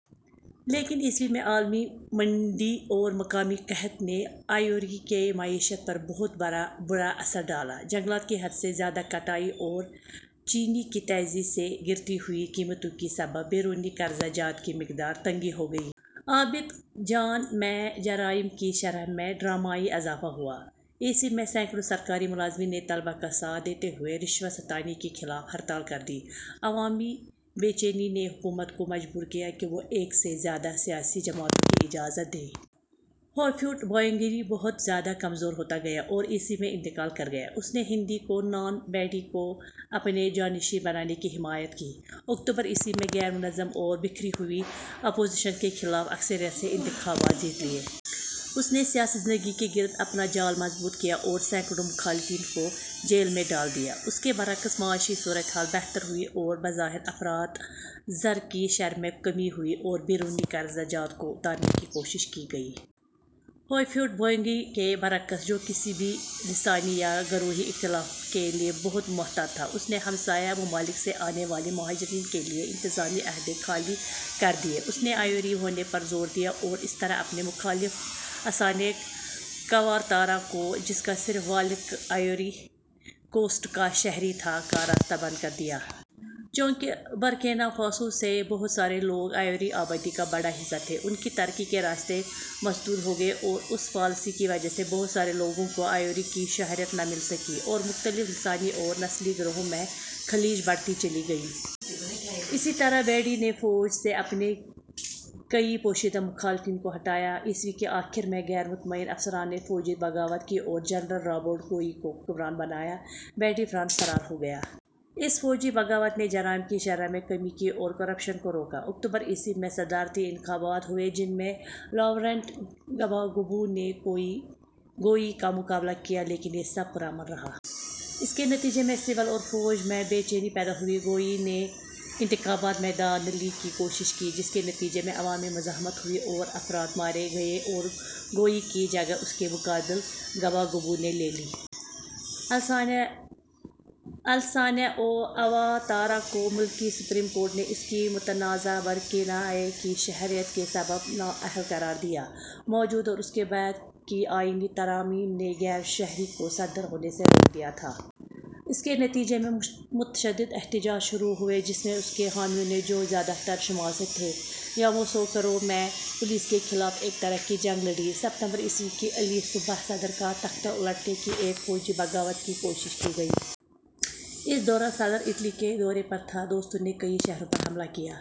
لیکن ء میں عالمی مندی اور مقامی قحط نے آئیوری کی معیشت پر بہت برا اثر ڈالا۔ جنگلات کی حد سے زیادہ کٹائی اور چینی کی تیزی سی گرتی ہوئی قیمتوں کے سبب بیرونی قرضہ جات کی مقدار تگنی ہو گئی۔ عابدجان میں جرائم کی شرح میں ڈرامائی اضافہ ہوا۔ ء میں سینکڑوں سرکاری ملازمین نے طلبہ کا ساتھ دیتے ہوئے رشوت ستانی کے خلاف ہڑتال کردی۔ عوامی بے چینی نے حکومت کو مجبور کیا کہ وہ ایک سے زیادہ سیاسی جماعتوں کی اجازت دے۔ ہوفویٹ-بوئیگنی بہت زیادہ کمزور ہوتا گیا اور ء میں انتقال کر گیا۔ اس نے ہنری کونان بیڈی کو اپنے جانشین بنانے کی حمایت کی۔ اکتوبر ء میں غیر منظم اور بکھری ہوئی اپوزیشن کے خلاف اکثریت سے انتخابات جیت لیے۔ اس نے سیاسی زندگی کے گرد اپنا جال مضبوط کیا اور سینکڑوں مخالفین کو جیل میں ڈال دیا۔ اس کے برعکس معاشی صورت حال بہتر ہوئی اور بظاہر افراط زر کی شرح میں کمی ہوئی اور بیرونی قرضہ جات کو اتارنے کی کوشش کی گئی۔ ہوفویٹ-بوئیگنی کے برعکس، جو کسی بھی لسانی یا گروہی اختلاف کے لیے بہت محتاط تھا، اس نے ہمسائیہ ممالک سے آنے والے مہاجرین کے لیے انتظامی عہدے خالی کر دیے۔ اس نے آئیوری ہونے پر زور دیا اور اس طرح اپنے مخالف الاسانے قوارتارا کو جس کا صرف والد آئیوری کوسٹ کا شہری تھا، کا راستہ بند کر دیا۔ چونکہ برکینا فاسو سے بہت سارے لوگ آئیوری آبادی کا بڑا حصہ تھے، ان کی ترقی کے راستے مسدود ہو گئے اور اس پالیسی کی وجہ سے بہت سارے لوگوں کو آئیوری کی شہریت نہ مل سکی اور مختلف لسانی اور نسلی گروہوں میں خلیج بڑھتی چلی گئی۔ اسی طرح بیڈی نے فوج سے اپنے کئی پوشیدہ مخالفین کو ہٹایا۔ ء کے آخر میں غیر مطمئن افسران نے فوجی بغاوت کی اور جنرل رابرٹ گوئی کو حکمران بنایا۔ بیڈی فرانس فرار ہو گیا۔ اس فوجی بغاوت نے جرائم کی شرح میں کمی کی اور کرپشن کو روکا۔ اکتوبر ء میں صدارتی انتخابات ہوئے جن میں لاورنٹ گباگبو نے گوئی کا مقابلہ کیا لیکن یہ سب پرامن رہا۔ اس کے نتیجے میں سول اور فوج میں بے چینی پیدا ہوئی۔ گوئی نے انتخابات میں دھاندلی کی کوشش کی جس کے نتیجے میں عوامی مزاحمت ہوئی اور افراد مارے گئے اور گوئی کی جگہ اس کے مقابل گباگبو نے لے لی۔ الاسانے اواتارا کو ملکی سپریم کورٹ نے اس کی متنازع برکینابے کی شہریت کے سبب نااہل قرار دیا۔ موجود اور اس کے بعد کی آئینی ترامیم نے غیر شہری کو صدر ہونے سے روک دیا تھا۔ اس کے نتیجے میں متشدد احتجاج شروع ہوئے جس میں اس کے حامیوں نے جو زیادہ تر شمال سے تھے، یاموسوکرو میں پولیس کے خلاف ایک طرح کی جنگ لڑی۔ ستمبر ء کی علی الصبح صدر کا تختہ الٹنے کی ایک فوجی بغاوت کی کوشش کی گئی۔ اس دوران صدر اٹلی کے دورے پر تھا۔ دستوں نے کئی شہروں پر حملہ کیا۔